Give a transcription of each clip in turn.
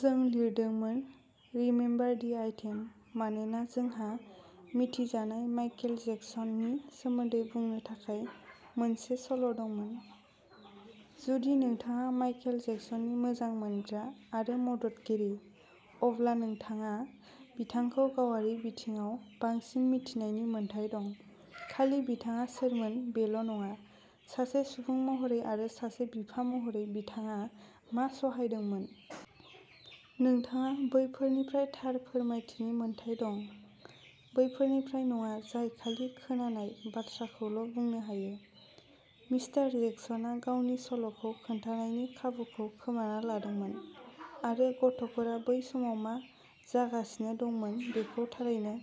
जों लिरदोंमोन remember the time मानोना जोंहा मिथिजानाय माइकेल जेक्सननि सोमोन्दै बुंनो थाखाय मोनसे सल' दंमोन। जुदि नोंथाङा माइकेल जेक्सननि मोजां मोनग्रा आरो मददगिरि, अब्ला नोंथाङा बिथांखौ गावारि बिथिङाव बांसिन मिथिनायनि मोन्थाइ दं, खालि बिथाङा सोरमोन बेल' नङा, सासे सुबुं महरै आरो सासे बिफा महरै बिथाङा मा सहायदोंमोन। नोंथाङा बैफोरनिफ्राय थार फोरमायथिनि मोन्थाइ दं, बैफोरनिफ्राय नङा, जाय खालि खोनानाय बाथ्राखौल' बुंनो हायो। मिस्टार जेक्सनआ गावनि सल'खौ खोन्थानायनि खाबुखौ खोमाना लादोंमोन आरो गथ'फोरा बै समाव मा जागासिनो दंमोन बेखौ थारैनो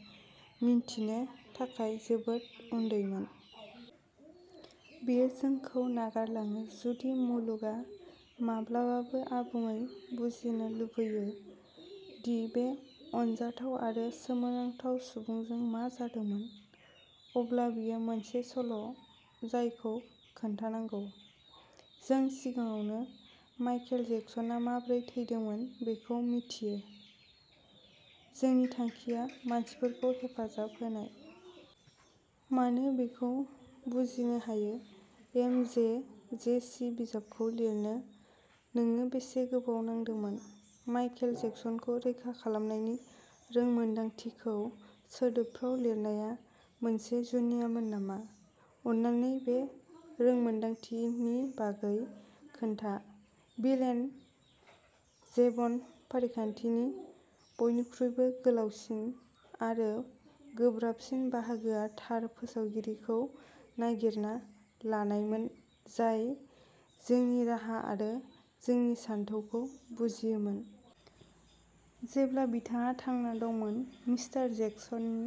मिन्थिनो थाखाय जोबोद उन्दैमोन। बेयो जोंखौ नागारलाङो। जुदि मुलुगआ माब्लाबाबो आबुङै बुजिनो लुगैयो दि बे अनजाथाव आरो सोमोनांथाव सुबुंजों मा जादोंमोन, अब्ला बेयो मोनसे सल' जायखौ खोन्थानांगौ। जों सिगाङावनो माइखेल जेक्सनआ माबोरै थैदोंमोन बेखौ मिन्थियो। जोंनि थांखिया मानसिफोरखौ हेफाजाब होनाय। मानो बेखौ बुजिनो हायो। एमजेजेसि बिजाबखौ लिरनो नोंनो बेसे गोबाव नांदोंमोन? माइकेल जेक्सनखौ रैखा खालामनायनि रोंमोनदांथिखौ सोदोबफोराव लिरनाया मोनसे जुनियामोन नामा? अन्नानै बे रोंमोनदांथिनि बागै खोन्था। बिल एन्ड जेभन फारिखान्थिनि बयनिख्रुइबो गोलावसिन आरो गोब्राबसिन बाहागोआ थार फोसावगिरिखौ नागिरना लानायमोन जाय जोंनि राहा आरो जोंनि सानथौखौ बुजियोमोन। जेब्ला बिथाङा थांना दंमोन, मिस्टार जेक्सननि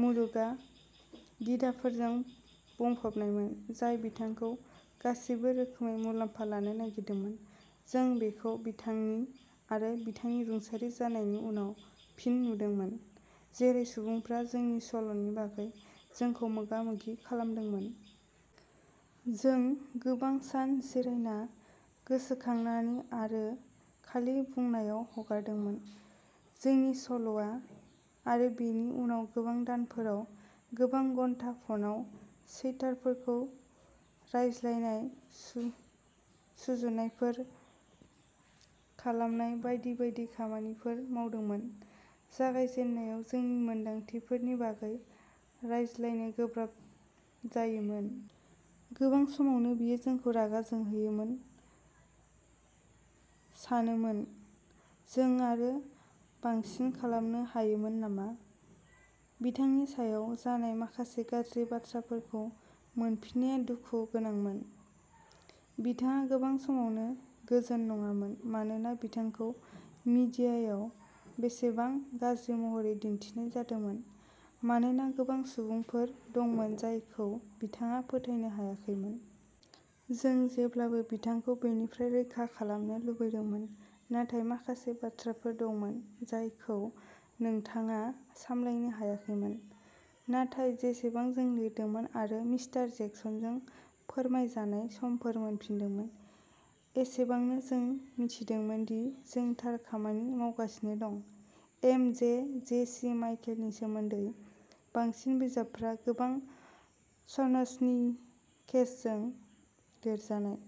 मुलुगआ गिधाफोरजों बुंफबनायमोन, जाय बिथांखौ गासैबो रोखोमै मुलाम्फा लानो नागिरदोंमोन। जों बेखौ बिथां आरो बिथांनि रुंसारि जानायनि उनाव फिन नुदोंमोन, जेरै सुबुंफोरा जोंनि सल'नि बागै जोंखौ मोगा-मोगि खालामदोंमोन। जों गोबां सान जिरायना, गोसोखांनानै आरो खालि बुंनायाव हगारदोंमोन। जोंनि सल'आ, आरो बेनि उनाव गोबां दानफोराव, गोबां घन्टा फनआव चैटारफोरखौ रायज्लायनाय, सुजुनायफोर खालामनाय बायदि बायदि खामानिफोर मावदोंमोन। जागायजेननायाव जोंनि मोनदांथिफोरनि बागै रायज्लायनो गोब्राब जायोमोन। गोबां समावनो बेयो जोंखौ रागा जोंहोयोमोन, सानोमोन, "जों आरो बांसिन खालामनो हायोमोन नामा?" बिथांनि सायाव जानाय माखासे गाज्रि बाथ्राफोरखौ मोनफिननाया दुखु गोनांमोन। बिथाङा गोबां समावनो गोजोन नङामोन, मानोना बिथांखौ मिडियायाव बेसेबां गाज्रि महरै दिन्थिनाय जादोंमोन, मानोना गोबां सुबुंफोर दंमोन जायखौ बिथाङा फोथायनो हायाखैमोन। जों जेब्लाबो बिथांखौ बेनिफ्राय रैखा खालामनो लुबैदोंमोन, नाथाय माखासे बाथ्राफोर दंमोन जायखौ नोंथाङा सामलायनो हायाखैमोन। नाथाय जेसेबां जों लिरदोंमोन आरो मिस्टार जेक्सनजों फोरमायजानाय समफोर मोनफिनदोंमोन, एसेबांनो जों मिथिदोंमोन दि जों थार खामानि मावगासिनो दं। एमजेजेसि माइकेलनि सोमोन्दै बांसिन बिजाबफोरा गोबां सनसनीखेजजों लिरजानाय।